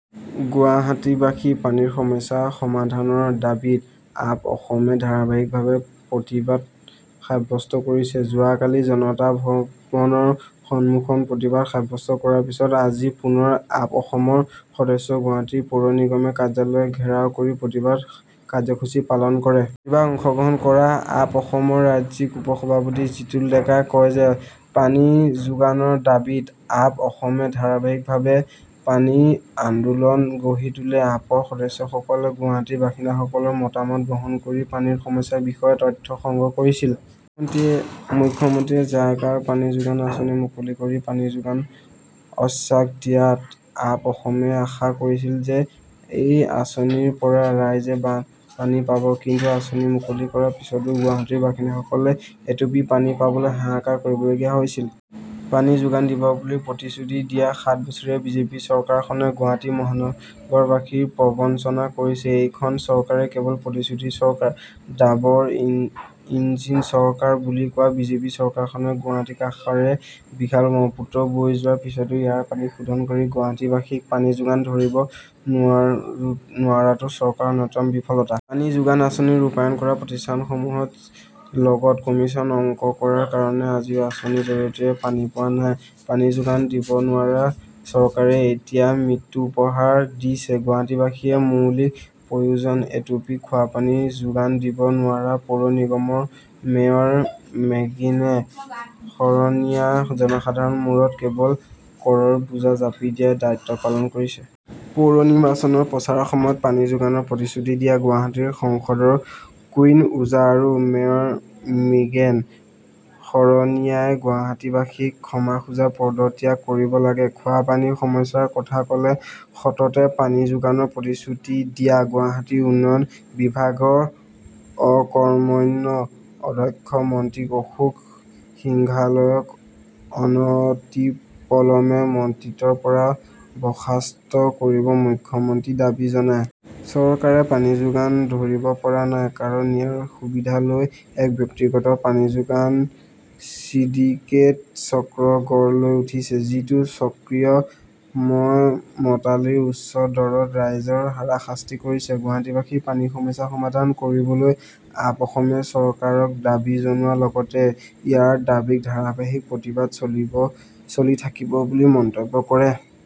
গুৱাহাটীবাসীৰ পানীৰ সমস্যা সমাধানৰ দাবীত আপ অসমে ধাৰাবাহিকভাৱে প্ৰতিবাদ সাব্যস্ত কৰিছে। যোৱাকালি জনতা ভৱনৰ সম্মুখত প্ৰতিবাদ সাব্যস্ত কৰাৰ পিছত আজি পুনৰ আপ অসমৰ সদস্যই গুৱাহাটী পৌৰ নিগমৰ কাৰ্যালয় ঘেৰাও কৰি প্ৰতিবাদী কাৰ্যসূচী পালন কৰে। প্ৰতিবাদত অংশগ্ৰহণ কৰা আপ অসমৰ ৰাজ্যিক উপ-সভাপতি জিতুল ডেকাই কয় যে পানী যোগানৰ দাবীত আপ অসমে ধাৰাবাহিকভাৱে পানী আন্দোলন গঢ়ি তুলিছিল। আপৰ সদস্যসকলে গুৱাহাটীৰ বাসিন্দাসকলৰ মতামত গ্ৰহণ কৰি পানীৰ সমস্যাৰ বিষয়ে তথ্য সংগ্ৰহ কৰিছিল। মুখ্যমন্ত্ৰীয়ে জাইকাৰ পানী যোগান আঁচনি মুকলি কৰি পানী যোগানৰ আশ্বাস দিয়াত আপ অসমে আশা কৰিছিল যে এই আঁচনিৰ পৰা ৰাইজে পানী পাব। কিন্তু আঁচনি মুকলি কৰাৰ পিছতো গুৱাহাটীৰ বাসিন্দাসকলে এটুপি পানীৰ বাবে হাহাকাৰ কৰিবলগীয়া হৈছে। পানী যোগান দিব বুলি প্ৰতিশ্ৰুতি দিয়া সাত বছৰীয়া বিজেপি চৰকাৰখনে গুৱাহাটী মহানগৰবাসীক প্ৰবঞ্চনা কৰিছে। এইখন চৰকাৰ কেৱল প্ৰতিশ্ৰুতিৰ চৰকাৰ। ডাবল ইঞ্জিন চৰকাৰ বুলি কোৱা বিজেপি চৰকাৰখনে গুৱাহাটীৰ কাষেৰে বিশাল ব্ৰহ্মপুত্ৰ বৈ যোৱাৰ পিছতো ইয়াৰ পানী শোধন কৰি গুৱাহাটীবাসীক পানী যোগান ধৰিব নোৱাৰাটো চৰকাৰৰ অন্যতম বিফলতা। পানী যোগান আঁচনি ৰূপায়ণ কৰা প্ৰতিষ্ঠানসমূহৰ লগত কমিছনৰ অংক কৰাৰ কাৰণে আজিলৈ আঁচনিৰ জৰিয়তে পানী পোৱা নাই। পানী যোগান দিব নোৱাৰা চৰকাৰে এতিয়া মৃত্যু উপহাৰ দিছে। গুৱাহাটীবাসীৰ মৌলিক প্ৰয়োজন এটুপি খোৱাপানী যোগান দিব নোৱাৰা পৌৰ নিগমৰ মেয়ৰ মৃগেন শৰণীয়াই জনসাধাৰণৰ মূৰত কেৱল কৰৰ বোজা জাপি দিয়েই দায়িত্ব পালন কৰিছে। পৌৰ নিৰ্বাচনৰ প্ৰচাৰৰ সময়ত পানী যোগানৰ প্ৰতিশ্ৰুতি দিয়া গুৱাহাটীৰ সাংসদ কুইন ওজা আৰু মেয়ৰ মৃগেন শৰণীয়াই গুৱাহাটীবাসীক ক্ষমা খুজি পদত্যাগ কৰিব লাগে। খোৱা পানীৰ সমস্যাৰ কথা ক'লে সততে পানী যোগানৰ প্ৰতিশ্ৰুতি দিয়া গুৱাহাটী উন্নয়ন বিভাগৰ অকৰ্মণ্য, অদক্ষ মন্ত্ৰী অশোক সিংঘালক অনতিপলমে মন্ত্ৰীত্বৰ পৰা বৰ্খাস্ত কৰিবলৈ মুখ্যমন্ত্ৰীক দাবী জনায়। চৰকাৰে পানী যোগান ধৰিব পৰা নাই কাৰণে ইয়াৰ সুবিধা লৈ এক ব্যক্তিগত পানী যোগান ছিণ্ডিকেট চক্ৰ গঢ় লৈ উঠিছে, যিটো চক্ৰই মইমতালিৰে উচ্চ দৰত ৰাইজক হাৰাশাস্তি কৰিছে। গুৱাহাটীবাসীৰ পানীৰ সমস্যা সমাধান কৰিবলৈ আপ অসমে চৰকাৰক দাবী জনোৱাৰ লগতে ইয়াৰ দাবীত ধাৰাবাহিক প্ৰতিবাদ চলি থাকিব বুলি মন্তব্য কৰে।